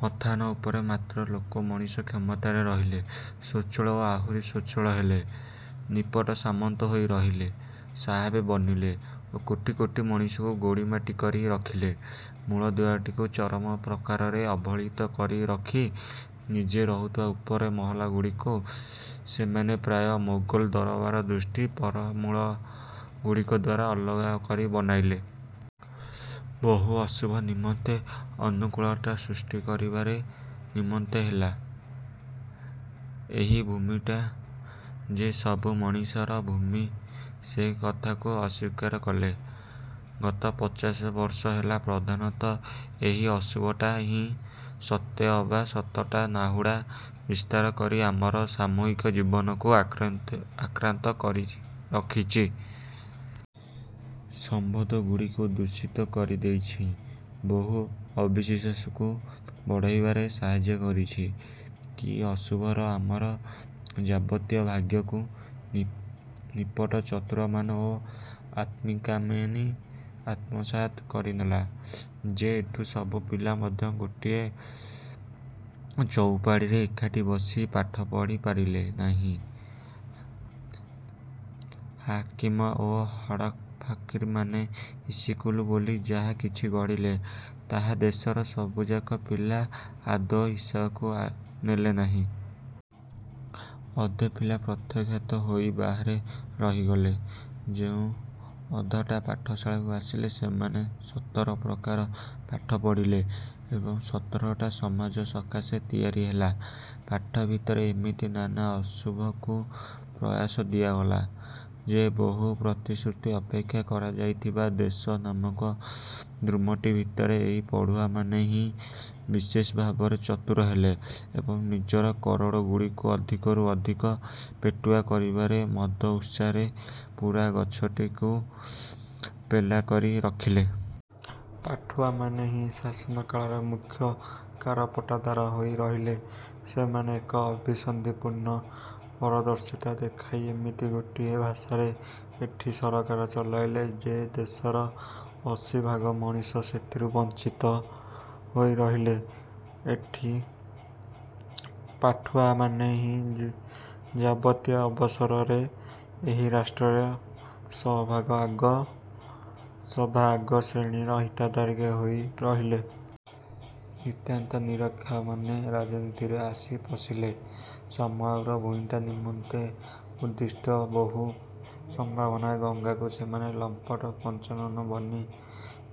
ମଥାନ ଉପରେ ମାତ୍ର ଲୋକ ମଣିଷ କ୍ଷମତାରେ ରହିଲେ। ସୋଛଳ ଓ ଆହୁରି ସୋଛଳ ହେଲେ ନିପଟ ସାମନ୍ତ ହୋଇ ରହିଲେ । ସାହେବ ବନିଲେ ଓ କୋଟି କୋଟି ମଣିଷଙ୍କୁ ଗୋଡ଼ି ମାଟି କରି ରଖିଲେ। ମୂଳଦୁଆଟିକୁ ଚରମ ପ୍ରକାରରେ ଅବହେଳିତ କରି ରଖି, ନିଜେ ରହୁଥିବା ଉପର ମହଲାଗୁଡ଼ାକୁ ସେମାନେ ପ୍ରାୟ ମୋଗଲ ଦରବାରର ଦୁଷ୍ଟି ପରିମଳଗୁଡ଼ାକ ଦ୍ଵାରା ଅଲଗା କରି ବନାଇଲେ। ବହୁ ଅଶୁଭ ନିମନ୍ତେ ଅନୁକୂଳତା ସୃଷ୍ଟି କରିବାରେ ନିମତ୍ତି ହେଲେ। ଏହି ଭୂମିଟା ଯେ ସବୁ ମଣିଷର ଭୂମି ସେ କଥାକୁ ଅସ୍ୱୀକାର କଲେ। ଗତ ପଚାଶ ବର୍ଷ ହେଲା ପ୍ରଧାନତଃ ଏହି ଅଶୁଭଟା ହିଁ ସତେଅବା ସାତଟା ନାହୁଡ଼ା ବିସ୍ତାର କରି ଆମର ସାମୂହିକ ଜୀବନକୁ ଆକ୍ରାନ୍ତ କରି ରଖିଛି। ସମ୍ବନ୍ଧଗୁଡ଼ାକୁ ଦୂଷିତ କରିଦେଇଛି, ବହୁ ଅବିଶ୍ୱାସକୁ ବଢ଼ାଇବାରେ ସାହାଯ୍ୟ କରିଛି। କି ଅଶୁଭରେ ଆମର ଯାବତୀୟ ଭାଗ୍ୟକୁ ନିପଟ ଚତୁରମାନେ ଓ ଆତ୍ମକାମୀମାନେ ଆତ୍ମସାତ୍ କରିନେଲେ ,ଯେ ଏଠି ସବୁ ପିଲା ମଧ୍ୟ ଗୋଟିଏ ଚଉପାଢ଼ୀରେ ଏକାଠି ବସି ପାଠ ପଢ଼ି ପାରିଲେ ନାହିଁ। ହାକିମ ଏବଂ ହଡ଼ପକାରୀମାନେ ଇସ୍କୁଲ ବୋଲି ଯାହା କିଛି ଗଢ଼ିଲେ, ତାହା ଦେଶର ସବୁଯାକ ପିଲା ଆଦୌ ହିସାକୁ ନେଲେ ନାହିଁ। ଅଧେ ପିଲା ପ୍ରତ୍ୟାଖ୍ୟାତ ହୋଇ ବାହାରେ ରହିଗଲେ। ଯେଉଁ ଅଧଟା ପାଠଶାଳାକୁ ଆସିଲେ, ସେମାନେ ସତର ପ୍ରକାରର ପାଠ ପଢ଼ିଲେ ଏବଂ ସତରଟା ସମାଜ ସକାଶେ ତିଆରି ହେଲେ। ପାଠ ଭିତରେ ଏମିତି ନାନା ଅଶୁଭକୁ ପ୍ରଶ୍ରୟ ଦିଆଗଲା ଯେ ବହୁ ପ୍ରତିଶ୍ରୁତି ଅପେକ୍ଷା କରାଯାଉଥିବା ଦେଶ ନାମକ ଦ୍ରୂମଟି ଭିତରେ ଏହି ପଢ଼ୁଆମାନେ ହିଁ ବିଶେଷଭାବରେ ଚତୁର ହେଲେ ଏବଂ ନିଜର କୋରଡ଼ଗୁଡ଼ିକୁ ଅଧିକରୁ ଅଧିକ ପେଟୁଆ କରିବାର ମନ୍ଦ ଉତ୍ସାହରେ ପୂରା ଗଛଟାକୁ ପଲା କରି ରଖିଲେ। ପାଠୁଆମାନେ ହିଁ ଶାସନର କଳରେ ମୁଖ୍ୟ କାରପଟଦାର ହୋଇ ରହିଲେ। ସେମାନେ ଏକ ଅଭିସନ୍ଧିପୂର୍ଣ୍ଣ ପାରଦର୍ଶିତା ଦେଖାଇ ଏମିତି ଗୋଟାଏ ଭାଷାରେ ଏଠି ସରକାର ଚଳାଇଲେ ଯେ, ଦେଶରେ ଅଶୀଭାଗ ମଣିଷ ସେଥିରୁ ବଂଚିତ ହୋଇ ରହିଲେ। ଏଠି ପାଠୁଆମାନେ ହିଁ ଯାବତୀୟ ଅବସରରେ ଏହି ରାଷ୍ଟ୍ରରେ ସବାଆଗ ଶ୍ରେଣୀର ହିତାଧିକାରୀ ହୋଇ ରହିଲେ। ନିତାନ୍ତ ନିରକ୍ଷରମାନେ ରାଜନୀତିରେ ଆଶି ପଶିଲେ, ସମଗ୍ର ଭୂଇଁଟା ନିମନ୍ତେ ଉଦ୍ଦିଷ୍ଟ ବହୁ ସମ୍ଭାବନାର ଗଙ୍ଗାକୁ ସେମାନେ ଲମ୍ପଟ ପଞ୍ଚାନନ ବନି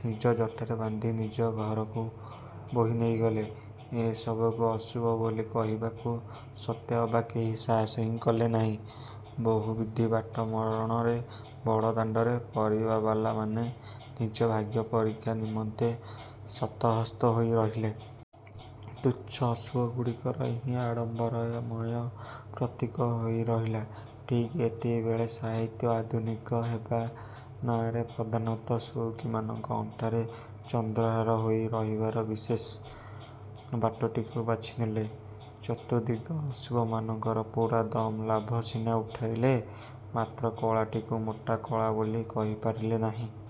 ନିଜ ଜଟାରେ ବାନ୍ଧି ନିଜ ଘରକୁ ବୋହି ନେଇଗଲେ। ଏସବୁକୁ ଅଶୁଭ ବୋଲି କହିବାକୁ ସତେଅବା କେହି ସାହସ ହିଁ କଲେନାହିଁ। ବହୁବିଧ ବାଟମାରଣାର ବଡ଼ଦାଣ୍ଡରେ ପାରିବାବାଲାମାନେ ନିଜର ଭାଗ୍ୟପରୀକ୍ଷା ନିମନ୍ତେ ଶତହସ୍ତ ହୋଇ ରହିଲେ। ତୁଚ୍ଛା ଅଶୁଭଗୁଡ଼ାକର ହିଁ ଆଡ଼ମ୍ବରମୟ ପ୍ରତୀକ ହୋଇ ରହିଲେ। ଠିକ୍ ଏତିକିବେଳେକେ ସାହିତ୍ୟ ଆଧୁନିକ ହେବା ନାଆଁରେ ପ୍ରଧାନତଃ ସଉକିନୀମାନଙ୍କ ଅଣ୍ଟାରେ ଚନ୍ଦ୍ରହାର ହୋଇ ରହିବାର ବିଶେଷ ବାଟଟିକୁ ବାଛିନେଲା। ଚତୁର୍ଦ୍ଦିଗର ଅଶୁଭମାନଙ୍କରୁ ପୂରାଦମ୍ ଲାଭ ସିନା ଉଠାଇଲା, ମାତ୍ର କଳାଟାକୁ ମୋଟେ କଳା ବୋଲି କହିପାରିଲା ନାହିଁ।